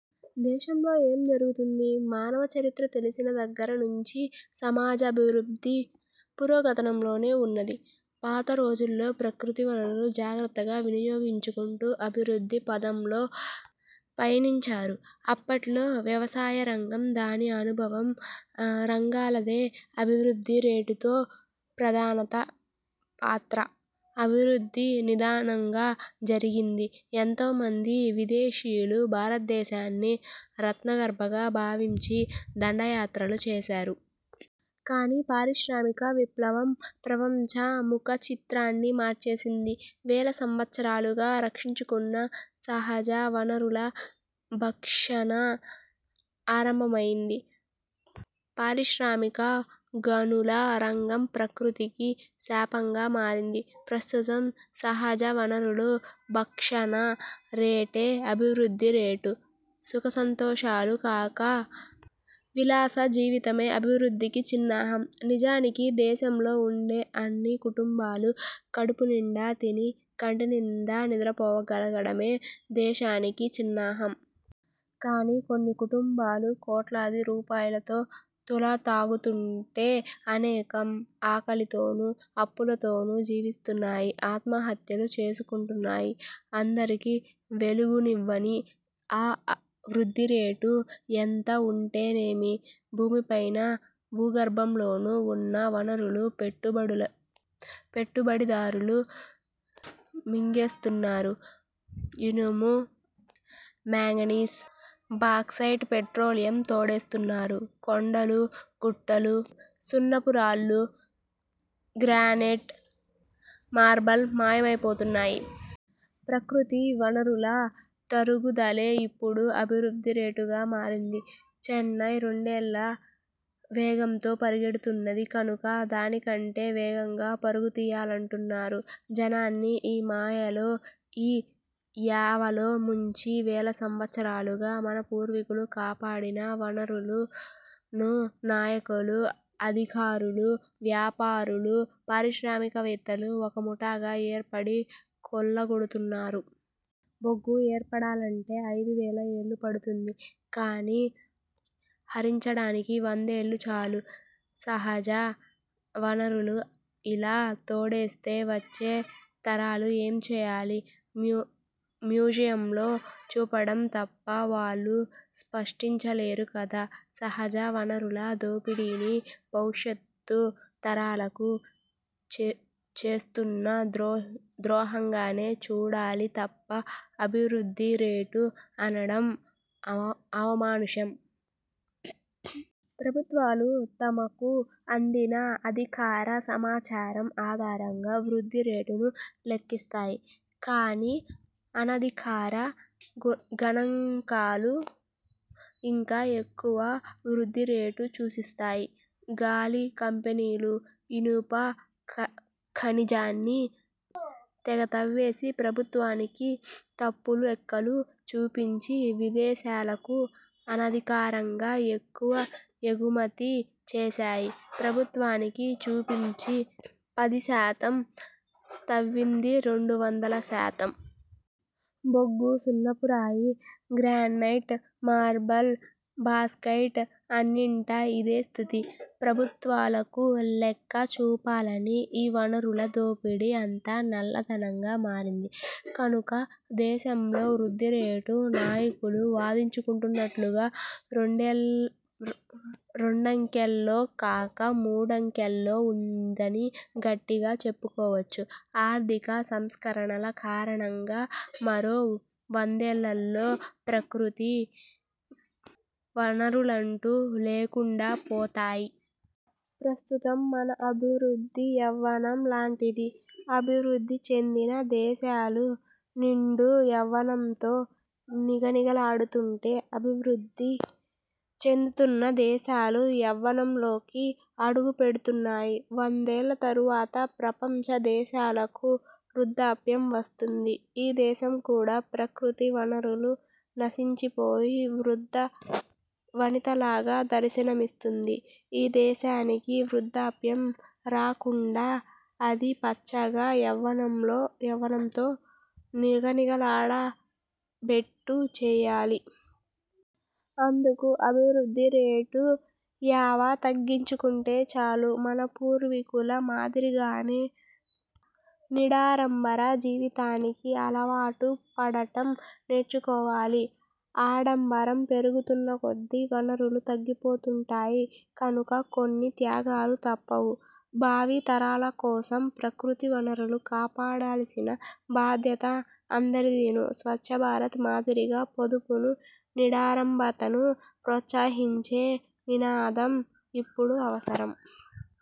దేశంలో ఏం జరుగుతోంది? మానవ చరిత్ర తెలిసిన దగ్గర నుంచి సమాజాభివృద్ధి పురోగమనంలోనే ఉన్నది. పాత రోజుల్లో ప్రకృతి వనరులను జాగ్రత్తగా వినియోగించుకుంటూ అభివృద్ధి పథంలో పయనించారు. అప్పట్లో వ్యవసాయరంగం, దాని అనుబంధ రంగాలదే అభివృద్ధి రేటులో ప్రధాన పాత్ర. అభివృద్ధి నిదానంగా జరిగింది. ఎంతో మంది విదేశీయులు భారతదేశాన్ని రత్నగర్భగా భావించి దండయాత్రలు చేశారు. కానీ పారిశ్రామిక విప్లవం ప్రపంచ ముఖచిత్రాన్ని మార్చేసింది. వేల సంవత్సరాలుగా రక్షించుకున్న సహజ వనరుల భక్షణ ఆరంభమైంది. పారిశ్రామిక, గనుల రంగం ప్రకృతికి శాపంగా మారాయి. ప్రస్తుతం సహజ వనరుల భక్షణ రేటే అభివృద్ధి రేటు. సుఖసంతోషాలు కాక, విలాసజీవితమే అభివృద్ధికి చిహ్నం. నిజానికి, దేశంలో ఉండే అన్ని కుటుంబాలు కడుపునిండా తిని, కంటినిండా నిద్రపోగలగడమే దేశాభివృద్ధికి చిహ్నం. కానీ, కొన్ని కుటుంబాలు కోట్లాది రూపాయలతో తుల తూగుతుంటే, అనేకం ఆకలితోనూ, అప్పుల తోనూ జీవిస్తున్నాయి. ఆత్మహత్యలు చేసుకుంటున్నాయి. అందరికీ వెలుగునివ్వని ఆ వృద్ధి రేటు ఎంత ఉంటేనేమి? భూమిపైన, భూగర్భంలోనూ ఉన్న వనరులు పెట్టుబడిదారులు మింగేస్తున్నారు. ఇనుము, మాంగనీస్, బాక్సైట్, పెట్రోలియం తోడేస్తున్నారు. కొండలు, గుట్టలు, సున్నపురాళ్ళు, గ్రానైట్, మార్బల్ మాయమైపోతున్నాయి. ప్రకృతివనరుల తరుగుదలే ఇప్పుడు వృద్ధిరేటుగా మారింది. చైనా రెండంకెల వేగంతో పరిగెడుతున్నది కనుక దానికంటే వేగంగా పరు గుతీయాలంటున్నారు. జనాన్ని ఈ మాయలో, ఈ యావలో ముంచి, వేల సంవత్సరాలుగా మన పూర్వీకులు కాపాడిన వనరులను నాయకులు, అధికారులు, వ్యాపారులు, పారిశ్రామికవేత్తలు ఒక ముఠాగా ఏర్పడి కొల్లగొడుతున్నారు. బొగ్గు ఏర్పడాలంటే ఐదు వేల ఏళ్ళు పడుతుంది. కానీ, హరించడానికి వందేళ్ళు చాలు. సహజ వనరులను ఇలా తోడేస్తే వచ్చే తరాలు ఏం చేయాలి? మ్యూజియంలో చూడటం తప్ప వాళ్ళు సృష్టించలేరు కదా? సహజ వనరుల దోపిడీని భవిష్యత్తు తరాలకు చేస్తున్న ద్రోహంగానే చూడాలి తప్ప, అభివృద్ధి రేటు అనడం అమానుషం. ప్రభుత్వాలు తమకు అందిన అధికారిక సమాచారం ఆధారంగా వృద్ధి రేటును లెక్కిస్తాయి. కానీ, అనధికారిక గణాంకాలు ఇంకా ఎక్కువ వృద్ధి రేటునే సూచిస్తాయి. 'గాలి' కంపెనీలు ఇనుప ఖనిజాన్ని తెగతవ్వేసి, ప్రభుత్వానికి తప్పుడు లెక్కలు చూపించి, విదేశాలకు అనధికారికంగా ఎక్కువ ఎగుమతి చేశాయి. ప్రభుత్వానికి చూపింది పదిశాతం, తవ్వింది రెండు వందలశాతం. బొగ్గు, సున్నపురాయి, గ్రానైట్, మార్బల్, బాక్సైట్ అన్నింటా ఇదే స్థితి. ప్రభుత్వాలకు లెక్క చూపని ఈ వనరుల దోపిడీ అంతా నల్ల ధనంగా మారింది. కనుక, దేశంలో వృ ద్ధిరేటు నాయకులు వాదించుకుంటున్నట్టుగా రెండంకెల్లో కాక, మూడంకెల్లో ఉందని గట్టిగా చెప్పుకోవచ్చు. ఆర్థిక సంస్కరణల కారణంగా మరో వందేళ్ళలో ప్రకృతి వనరులంటూ లేకుండాపోతాయి. ప్రస్తుతం మన అభివృద్ధి యవ్వనం లాంటిది. అభివృద్ధి చెందిన దేశాలు నిండు యవ్వనంతో నిగనిగలాడుతుంటే, అభివృద్ధి చెందుతున్న దేశాలు యవ్వనంలోకి అడుగుపెడుతున్నాయి. వందేళ్ళ తరువాత ప్రపంచ దేశాలకు వృద్ధాప్యం వస్తుంది. ఈ దేశం కూడా ప్రకృతి వనరులు నశించిపోయి వృద్ధ వనితలాగా దర్శనమిస్తుంది. ఈ దేశానికి వృద్ధాప్యం రాకుండా అది పచ్చగా, యవ్వనంతో నిగనిగలాడేట్టు చేయాలి. అందుకు, అభివృద్ధిరేటు యావ తగ్గించుకుంటే చాలు. మన పూర్వీకుల మాదిరిగానే నిరాడంబర జీవితానికి అలవాటుపడటం నేర్చుకోవాలి. ఆడంబరం పెరుగుతున్నకొద్దీ వనరులు తగ్గిపోతుంటాయి కనుక, కొన్ని త్యాగాలు తప్పవు. భావి తరాలకోసం ప్రకృతి వనరులను కాపాడవలసిన బాధ్యత మనందరిదీనూ. 'స్వచ్ఛభారత్' మాదిరిగా, పొదుపునూ, నిరాడంబరతనూ ప్రోత్సహించే నినాదం ఇప్పుడు అవసరం.